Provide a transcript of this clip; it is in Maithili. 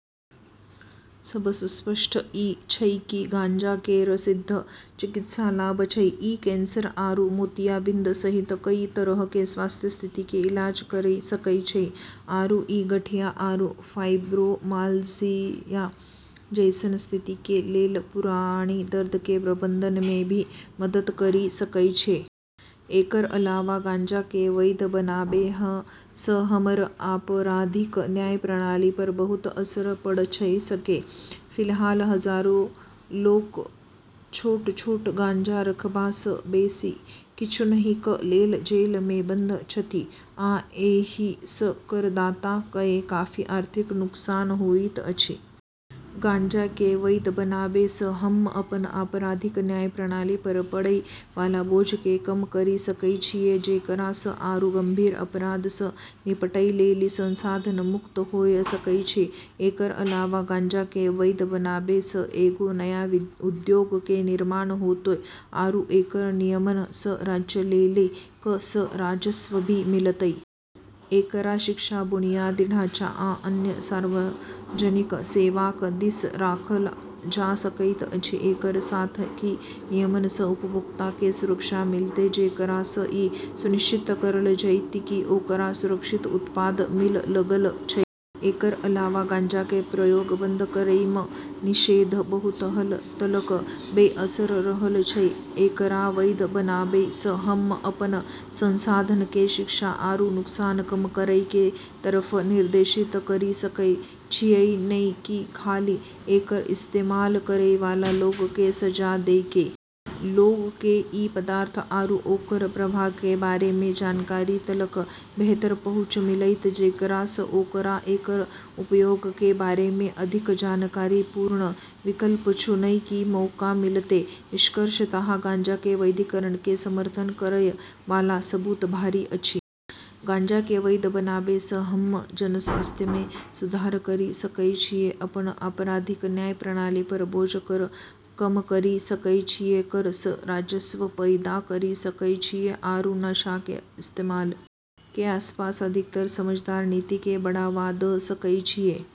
सबसऽ स्पष्ट ई छै कि गांजा केरऽ सिद्ध चिकित्सा लाभ छै ।ई कैंसर आरू मोतियाबिंद सहित कई तरह के स्वास्थ्य स्थिति के इलाज करी सकै छै आरू ई गठिया आरू फाइब्रोमायल्जिया जैसनऽ स्थिति के लेलऽ पुरानी दर्द के प्रबंधन मे भी मदद करी सकै छै। एकरऽ अलावा गांजा के वैध बनाबै सऽ हमरऽ आपराधिक न्याय प्रणाली पर बहुत असर पड़ऽ सकै छै। फिलहाल हजारो लोक छोट-छोट गांजा रखबा सऽ बेसी किछु नहि कऽ लेल जेल मे बंद छथि आ एहि सऽ करदाता कए काफी आर्थिक नुकसान होइत अछि। गांजा के वैध बनाबै सऽ हम्म अपनऽ आपराधिक न्याय प्रणाली पर पड़ै वाला बोझ के कम करी सकै छियै जेकरा सऽ आरू गंभीर अपराध सऽ निपटै लेली संसाधन मुक्त होय सकै छियै। एकरऽ अलावा गांजा के वैध बनाबै सऽ एगो नया उद्योग के निर्माण होतै आरू एकरऽ नियमन सऽ राज्यऽ लेली कर सऽ राजस्व भी मिलतै। एकरा शिक्षा बुनियादी ढांचा आ अन्य सार्वजनिक सेवाक दिस राखल जा सकैत अछि। एकरऽ साथ ही नियमन सऽ उपभोक्ता के सुरक्षा मिलतै जेकरा सऽ ई सुनिश्चित करलऽ जैतै कि ओकरा सुरक्षित उत्पाद मिलऽ लगलऽ छै। एकरऽ अलावा गांजा के प्रयोग बंद करै मऽ निषेध बहुत हद तलक बेअसर रहलऽ छै। एकरा वैध बनाबै सऽ हम्म अपनऽ संसाधन के शिक्षा आरू नुकसान कम करै के तरफ निर्देशित करी सकै छियै नै कि खाली एकरऽ इस्तेमाल करै वाला लोगऽ के सजा दै के। लोगऽ के ई पदार्थ आरू ओकरऽ प्रभाव के बारे मे जानकारी तलक बेहतर पहुँच मिलतै जेकरा सऽ ओकरा एकरऽ उपयोग के बारे मे अधिक जानकारीपूर्ण विकल्प चुनै के मौका मिलतै। निष्कर्षतः गांजा के वैधीकरण के समर्थन करय वाला सबूत भारी अछि। गांजा के वैध बनाबै सऽ हम्म जनस्वास्थ्य मे सुधार करी सकै छियै अपनऽ आपराधिक न्याय प्रणाली पर बोझ कम करी सकै छियै कर सऽ राजस्व पैदा करी सकै छियै आरू नशा के इस्तेमाल के आसपास अधिक समझदार नीति के बढ़ावा दऽ सकै छियै